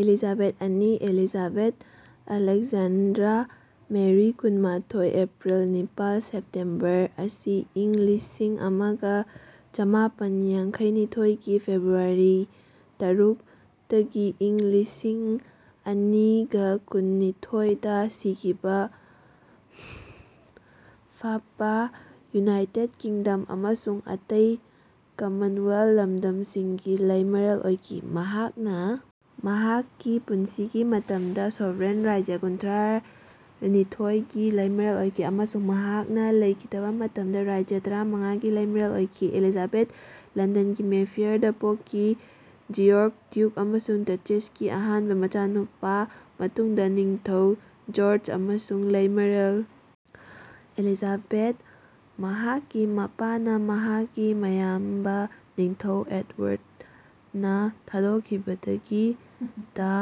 "Elizabeth ꯑꯅꯤ Elizabeth Alexandra Mary ꯀꯨꯟꯃꯊꯣꯢ April ꯅꯤꯄꯥꯜ ꯁꯦꯞꯇꯦꯝꯕꯔ ꯑꯁꯤ ꯢꯪ ꯂꯤꯁꯤꯡꯑꯃꯒ ꯆꯃꯥꯄꯟ ꯌꯥꯡꯈꯩꯅꯤꯊꯣꯢ ꯒꯤ ꯐꯦꯕ꯭ꯔꯨꯋꯥꯔꯤ ꯇꯔꯨꯛ ꯇꯒꯤ ꯢꯪ ꯂꯤꯁꯤꯡꯑꯅꯤꯒꯀꯨꯟꯅꯤꯊꯣꯢ ꯗ ꯁꯤꯈꯤꯕꯥ ꯐꯥꯄꯕꯥ ꯌꯨꯅꯥꯏꯇꯦꯗ ꯀꯤꯡꯗꯝ ꯑꯃꯁꯨꯡ ꯑꯇꯩ ꯀꯃꯟꯋꯦꯜꯊ ꯂꯝꯗꯝꯁꯤꯡ ꯒꯤ ꯂꯩꯃꯔꯦꯜ ꯑꯣꯏꯈꯤ꯫ ꯃꯍꯥꯛꯅꯥ ꯃꯍꯥꯛꯀꯤ ꯄꯨꯟꯁꯤꯒꯤ ꯃꯇꯝꯗ ꯁꯣꯚꯔꯦꯟ ꯔꯥꯖ꯭ꯌ ꯀꯨꯟꯊ꯭ꯔꯥꯅꯤꯊꯣꯢ ꯒꯤ ꯂꯩꯃꯔꯦꯜ ꯑꯣꯏꯈꯤ ꯑꯃꯁꯨꯡ ꯃꯍꯥꯛꯅꯥ ꯂꯩꯈꯤꯗꯕꯥ ꯃꯇꯝꯗ ꯔꯥꯖ꯭ꯌ ꯇꯔꯥꯃꯉꯥ ꯒꯤ ꯂꯩꯃꯔꯦꯜ ꯑꯣꯏꯈꯤ꯫ ꯑꯦꯂꯤꯖꯥꯕꯦꯊ ꯂꯟꯗꯟꯒꯤ ꯃꯦꯐꯦꯌꯔꯗꯥ ꯄꯣꯛꯈꯤ ꯖꯤꯌꯣꯔ꯭ꯛ ꯗ꯭ꯌꯨꯛ ꯑꯃꯁꯨꯡ ꯗꯆꯦꯁꯀꯤ ꯑꯍꯥꯟꯕ ꯃꯆꯥꯅꯨꯄꯥ ꯃꯇꯨꯡꯗ ꯅꯤꯡꯊꯧ ꯖꯔꯖ ꯑꯃꯁꯨꯡ ꯂꯩꯃꯔꯦꯜ ꯑꯦꯂꯤꯖꯥꯕꯦꯊ꯫ ꯃꯍꯥꯛꯀꯤ ꯃꯄꯥꯅꯥ ꯃꯍꯥꯛꯀꯤ ꯃꯌꯥꯝꯕ ꯅꯤꯡꯊꯧ ꯑꯦꯗꯑꯣꯌꯥꯔꯗ ꯅꯥ ꯊꯥꯗꯣꯛꯈꯤꯕꯗꯒꯤ ꯗꯥ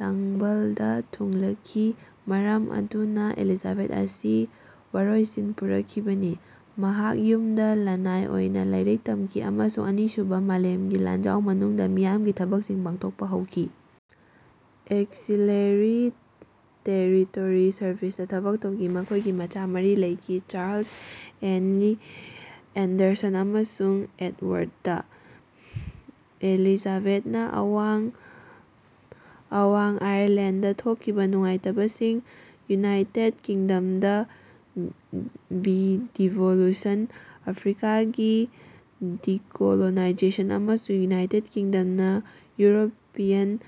ꯇꯥꯡꯕꯜꯗ ꯊꯨꯡꯂꯈꯤ ꯃꯔꯝ ꯑꯗꯨꯅꯥ ꯑꯦꯂꯤꯖꯥꯕꯦꯊ ꯑꯁꯤ ꯋꯥꯔꯣꯏꯁꯤꯟ ꯄꯨꯔꯛꯈꯤꯕꯅꯤ꯫ ꯃꯍꯥꯛ ꯌꯨꯝꯗꯥ ꯂꯅꯥꯏ ꯑꯣꯏꯅ ꯂꯥꯏꯔꯤꯛ ꯇꯝꯈꯤ ꯑꯃꯁꯨꯡ ꯑꯅꯤꯁꯨꯕꯥ ꯃꯥꯂꯦꯝꯒꯤ ꯂꯥꯟꯖꯥꯎ ꯃꯅꯨꯡꯗ ꯃꯤꯌꯥꯝꯒꯤ ꯊꯕꯛꯁꯤꯡ ꯄꯥꯡꯊꯣꯛꯄꯥ ꯍꯧꯈꯤ ꯑꯣꯛꯁꯤꯂꯦꯔꯤ ꯇꯦꯔꯤꯇꯣꯔꯤ ꯁꯔꯚꯤꯁꯇꯥ ꯊꯕꯛ ꯇꯧꯈꯤ꯫ ꯃꯈꯣꯏꯒꯤ ꯃꯆꯥ ꯃꯔꯤ ꯂꯩꯈꯤ ꯆꯥꯔꯂꯁ, ꯑꯦꯟꯅꯦ, ꯑꯦꯟꯗ꯭ꯔꯦꯁ ꯑꯃꯁꯨꯡ ꯑꯦꯗꯋꯥꯔꯗ꯫ ꯑꯦꯂꯤꯖꯥꯕꯦꯊꯅꯥ ꯑꯋꯥꯡ ꯑꯥꯌꯔꯂꯦꯟꯗꯗꯥ ꯊꯣꯛꯈꯤꯕ ꯅꯨꯡꯉꯥꯏꯇꯕꯁꯤꯡ, ꯌꯨꯅꯥꯏꯇꯦꯗ ꯀꯤꯡꯗꯝꯗꯥ ꯗꯤꯚꯣꯂꯨꯁꯟ, ꯑꯐ꯭ꯔꯤꯀꯥꯒꯤ ꯗꯤꯀꯣꯂꯣꯅꯥꯏꯖꯦꯁꯟ ꯑꯃꯁꯨꯡ ꯌꯨꯅꯥꯏꯇꯦꯗ ꯀꯤꯡꯗꯝꯅꯥ ꯌꯨꯔꯣꯄꯤꯌꯟ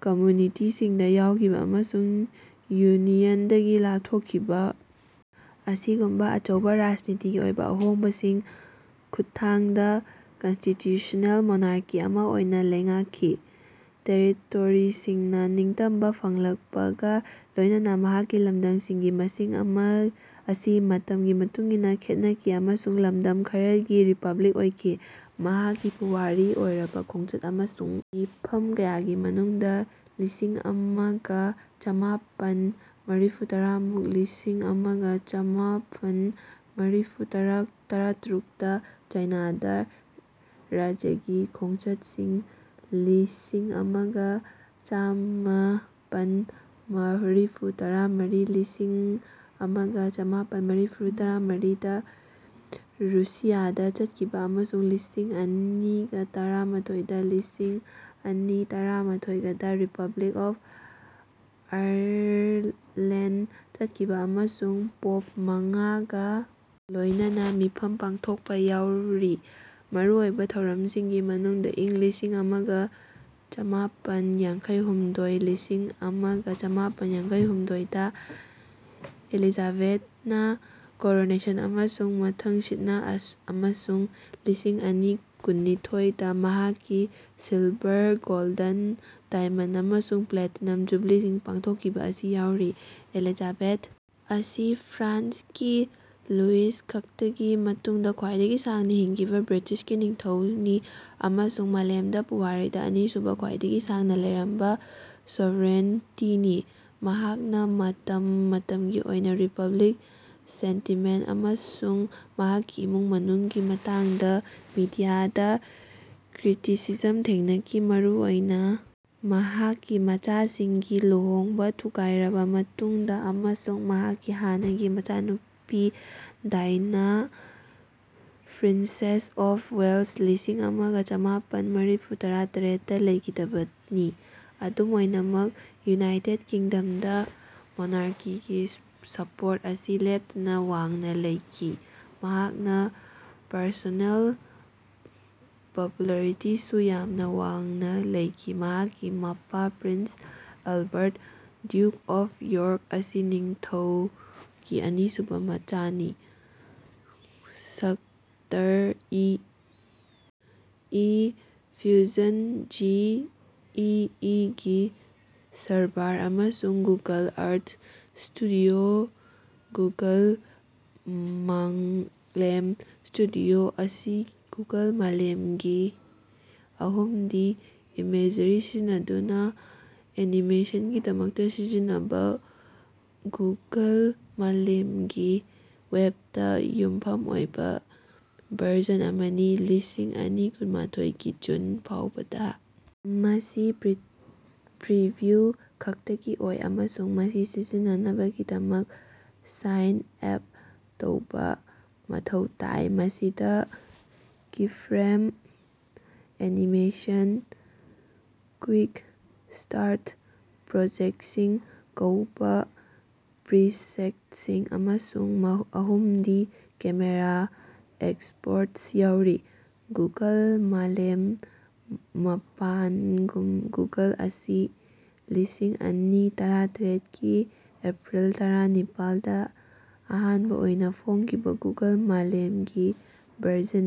ꯀꯃꯨꯅꯤꯇꯤꯁꯤꯡꯗꯥ ꯌꯥꯎꯈꯤꯕ ꯑꯃꯁꯨꯡ ꯌꯨꯅꯤꯌꯟꯗꯒꯤ ꯂꯥꯞꯊꯣꯛꯈꯤꯕ ꯑꯁꯤꯒꯨꯝꯕꯥ ꯑꯆꯧꯕ ꯔꯥꯖꯅꯤꯇꯤꯒꯤ ꯑꯣꯏꯕ ꯑꯍꯣꯡꯕꯁꯤꯡꯒꯤ ꯈꯨꯠꯊꯥꯡꯗ ꯀꯟꯁꯇꯤꯇ꯭ꯌꯨꯁ꯭ꯅꯦꯜ ꯃꯣꯅꯥꯔꯛ ꯑꯃꯥ ꯑꯣꯏꯅꯥ ꯂꯩꯉꯥꯛꯈꯤ꯫ ꯇꯦꯔꯤꯇꯣꯔꯤꯁꯤꯡꯅꯥ ꯅꯤꯡꯇꯝꯕ ꯐꯪꯂꯛꯄꯒꯥ ꯂꯣꯏꯅꯅ ꯃꯍꯥꯛꯀꯤ ꯂꯝꯗꯝꯁꯤꯡꯒꯤ ꯃꯁꯤꯡ ꯑꯁꯤ ꯃꯇꯝꯒꯤ ꯃꯇꯨꯡ ꯏꯟꯅꯥ ꯈꯦꯠꯅꯈꯤ ꯑꯃꯁꯨꯡ ꯂꯝꯗꯝ ꯈꯔꯗꯤ ꯔꯤꯄꯕ꯭ꯂꯤꯛ ꯑꯣꯏꯈꯤ꯫ ꯃꯍꯥꯛꯀꯤ ꯄꯨꯋꯥꯔꯤ ꯑꯣꯏꯔꯕ ꯈꯣꯡꯆꯠ ꯑꯃꯁꯨꯡ ꯃꯤꯐꯝ ꯀꯌꯥꯒꯤ ꯃꯅꯨꯡꯗꯥ ꯂꯤꯁꯤꯡꯑꯃꯒ ꯆꯃꯥꯄꯟ ꯃꯔꯤꯐꯨꯇꯔꯨꯛ ꯂꯤꯁꯤꯡꯑꯃꯒ ꯆꯥꯃꯄꯟ ꯃꯔꯤꯐꯨꯇꯔꯨꯛꯇꯥ ꯆꯥꯏꯅꯥꯗ ꯔꯥꯖ꯭ꯌꯒꯤ ꯈꯣꯡꯆꯠꯁꯤꯡ ꯂꯤꯁꯤꯡꯑꯃꯒ ꯆꯃꯥꯄꯟ ꯃꯔꯤꯐꯨꯇꯔꯥꯃꯔꯤ ꯂꯤꯁꯤꯡꯑꯃꯒ ꯆꯥꯃꯄꯟ ꯃꯔꯤꯐꯨꯇꯔꯥꯃꯔꯤ ꯗꯥ ꯔꯨꯁꯤꯌꯥꯗꯥ ꯆꯠꯈꯤꯕ ꯑꯃꯁꯨꯡ ꯂꯤꯁꯤꯡꯑꯅꯤꯒꯇꯔꯥꯃꯊꯣꯢ ꯗ ꯂꯤꯁꯤꯡꯑꯅꯤ ꯇꯔꯥꯃꯊꯣꯢꯒꯗꯥ ꯔꯤꯄꯕ꯭ꯂꯤꯛ ꯑꯣꯐ ꯑꯥꯌꯔꯂꯦꯟꯗꯗꯥ ꯆꯠꯈꯤꯕ ꯑꯃꯁꯨꯡ ꯄꯣꯞ ꯃꯉꯥꯒꯥ ꯂꯣꯏꯅꯅ ꯃꯤꯐꯝ ꯄꯥꯛꯊꯣꯛꯄꯥ ꯌꯥꯎꯔꯤ꯫ ꯃꯔꯨꯑꯣꯏꯕ ꯊꯧꯔꯝꯁꯤꯡꯒꯤ ꯃꯅꯨꯡꯗ ꯢꯪ ꯂꯤꯁꯤꯡꯑꯃꯒ ꯆꯃꯥꯄꯟ ꯌꯥꯡꯈꯩꯍꯨꯝꯗꯣꯢ ꯂꯤꯁꯤꯡꯑꯃꯒ ꯆꯥꯃꯄꯟ ꯌꯥꯡꯈꯩꯍꯨꯝꯗꯣꯢ ꯗꯥ ꯑꯦꯂꯤꯖꯥꯕꯦꯊꯅꯥ ꯀꯣꯔꯣꯅꯦꯁꯟ ꯑꯃꯁꯨꯡ ꯃꯊꯪꯁꯤꯠꯅꯥ ꯑꯃꯁꯨꯡ ꯂꯤꯁꯤꯡꯑꯅꯤꯒꯀꯨꯟꯅꯤꯊꯣꯢ ꯗ ꯃꯍꯥꯛꯀꯤ ꯁꯤꯜꯚꯥꯔ, ꯒꯣꯜꯗꯟ, ꯗꯥꯏꯃꯟꯗ ꯑꯃꯁꯨꯡ ꯄ꯭ꯂꯦꯇꯤꯅꯝ ꯖꯨꯕꯤꯂꯤꯁꯤꯡ ꯄꯥꯡꯊꯣꯛꯈꯤꯕ ꯑꯁꯤ ꯌꯥꯎꯔꯤ꯫ ꯑꯦꯂꯤꯖꯥꯕꯦꯊ ꯑꯁꯤ ꯐ꯭ꯔꯥꯟꯁꯀꯤ ꯂꯨꯏꯁ ꯈꯛꯇꯒꯤ ꯃꯇꯨꯡꯗꯥ ꯈ꯭ꯋꯥꯏꯗꯒꯤ ꯁꯥꯡꯅꯥ ꯍꯤꯡꯈꯤꯕ ꯕ꯭ꯔꯤꯇꯤꯁꯀꯤ ꯅꯤꯡꯊꯧꯅꯤ ꯑꯃꯁꯨꯡ ꯃꯥꯂꯦꯝꯒꯤ ꯄꯨꯋꯥꯔꯤꯗꯥ ꯑꯅꯤꯁꯨꯕ ꯈ꯭ꯋꯥꯏꯗꯒꯤ ꯁꯥꯡꯅꯥ ꯂꯩꯔꯝꯕ ꯁꯣꯚꯔꯦꯟꯇꯤꯅꯤ꯫ ꯃꯍꯥꯛꯅꯥ ꯃꯇꯝ ꯃꯇꯝꯒꯤ ꯑꯣꯏꯅ ꯔꯤꯄꯕ꯭ꯂꯤꯛ ꯁꯦꯟꯇꯤꯃꯦꯟꯇ ꯑꯃꯁꯨꯡ ꯃꯍꯥꯛꯀꯤ ꯏꯃꯨꯡ ꯃꯅꯨꯡꯒꯤ ꯃꯇꯥꯡꯗ ꯃꯤꯗꯤꯌꯥꯒꯤ ꯀ꯭ꯔꯤꯇꯤꯁꯤꯖꯝ ꯊꯦꯡꯅꯈꯤ ꯃꯔꯨꯑꯣꯏꯅ ꯃꯍꯥꯛꯀꯤ ꯃꯆꯥꯁꯤꯡꯒꯤ ꯂꯨꯍꯣꯡꯕ ꯊꯨꯒꯥꯏꯔꯕ ꯃꯇꯨꯡꯗꯥ ꯑꯃꯁꯨꯡ ꯃꯍꯥꯛꯀꯤ ꯍꯥꯟꯅꯒꯤ ꯃꯆꯥꯅꯨꯄꯤ ꯗꯥꯏꯅꯥ, ꯄ꯭ꯔꯤꯟꯁꯦꯁ ꯑꯣꯐ ꯋꯦꯂꯁ ꯂꯤꯁꯤꯡꯑꯃꯒ ꯆꯃꯥꯄꯟ ꯃꯔꯤꯐꯨꯇꯔꯥꯇꯔꯦꯠ ꯇꯥ ꯂꯩꯈꯤꯗꯕꯅꯤ꯫ ꯑꯗꯨꯝ ꯑꯣꯏꯅꯃꯛ ꯌꯨꯅꯥꯏꯇꯦꯗ ꯀꯤꯡꯗꯝꯗꯥ ꯃꯣꯅꯥꯔꯀꯤꯒꯤ ꯁꯄꯣꯔꯠ ꯑꯁꯤ ꯂꯦꯞꯇꯅꯥ ꯋꯥꯡꯅꯥ ꯂꯩꯈꯤ ꯃꯍꯥꯛꯀꯤ ꯄꯔꯁꯣꯅꯦꯜ ꯄꯄꯨꯂꯥꯔꯤꯇꯤꯁꯨ ꯌꯥꯝꯅꯥ ꯋꯥꯡꯅꯥ ꯂꯩꯈꯤ꯫ ꯃꯍꯥꯛꯀꯤ ꯃꯄꯥ prince Albert ,duke of York ꯑꯁꯤ ꯅꯤꯡꯊꯧꯒꯤ ꯑꯅꯤꯁꯨꯕ ꯃꯆꯥꯅꯤ꯫ ꯁ꯭ꯀꯇꯔ E. E. Fusion, G. E. E. ꯒꯤ ꯁꯔꯚꯥꯔ ꯑꯃꯁꯨꯡ ꯒꯨꯒꯜ ꯑꯥꯔꯊ ꯁ꯭ꯇꯨꯗꯤꯑꯣ ꯒꯨꯒꯜ ꯃꯥꯛꯂꯦꯝ ꯁ꯭ꯇꯨꯗꯤꯑꯣ ꯑꯁꯤ ꯒꯨꯒꯜ ꯃꯥꯂꯦꯝꯒꯤ ꯑꯍꯨꯝꯗꯤ ꯏꯃꯦꯖꯔꯤ ꯁꯤꯖꯤꯟꯅꯗꯨꯅꯥ ꯑꯦꯅꯤꯃꯦꯁꯟꯒꯤꯗꯃꯛꯇꯥ ꯁꯤꯖꯤꯟꯅꯕꯥ ꯒꯨꯒꯜ ꯃꯥꯂꯦꯝꯒꯤ ꯋꯦꯕꯇꯥ ꯌꯨꯝꯐꯝ ꯑꯣꯏꯕꯥ ꯚꯔꯖꯟ ꯑꯃꯅꯤ꯫ ꯂꯤꯁꯤꯡꯑꯅꯤꯒꯀꯨꯟꯃꯊꯣꯢ ꯒꯤ ꯖꯨꯟ ꯐꯥꯎꯕꯗꯥ ꯃꯁꯤ ꯄ꯭ꯔꯤꯚꯤꯎ ꯈꯛꯇꯒꯤ ꯑꯣꯏ ꯑꯃꯁꯨꯡ ꯃꯁꯤ ꯁꯤꯖꯤꯟꯅꯅꯕꯒꯤꯗꯃꯛ ꯁꯥꯏꯟ ꯑꯥꯞ ꯇꯧꯕꯥ ꯃꯊꯧ ꯇꯥꯏ꯫ ꯃꯁꯤꯗꯥ ꯀꯤꯐ꯭ꯔꯦꯝ ꯑꯦꯅꯤꯃꯦꯁꯟ "ꯀꯨꯏꯛ-ꯁ꯭ꯇꯥꯔꯠ ꯄ꯭ꯔꯣꯖꯦꯛꯇꯁꯤꯡ" ꯀꯧꯕꯥ ꯄ꯭ꯔꯤꯁꯦꯠꯁꯤꯡ ꯑꯃꯁꯨꯡ ꯑꯍꯨꯝꯗꯤ ꯀꯦꯃꯦꯔꯥ ꯑꯦꯛꯁꯄꯣꯔꯠ ꯌꯥꯎꯔꯤ꯫ ꯒꯨꯒꯜ ꯃꯥꯂꯦꯝ ꯃꯥꯄꯟꯒꯨꯒꯜ ꯑꯁꯤ ꯂꯤꯁꯤꯡꯑꯅꯤꯒꯇꯔꯥꯇꯔꯦꯠ ꯀꯤ ꯑꯦꯄ꯭ꯔꯤꯜ ꯇꯔꯥꯅꯤꯄꯥꯜ ꯗꯥ ꯑꯍꯥꯟꯕꯥ ꯑꯣꯏꯅꯥ ꯐꯣꯡꯈꯤꯕꯥ ꯒꯨꯒꯜ ꯃꯥꯂꯦꯝꯒꯤ ꯚꯔꯖꯟ ꯑꯃꯅꯤ꯫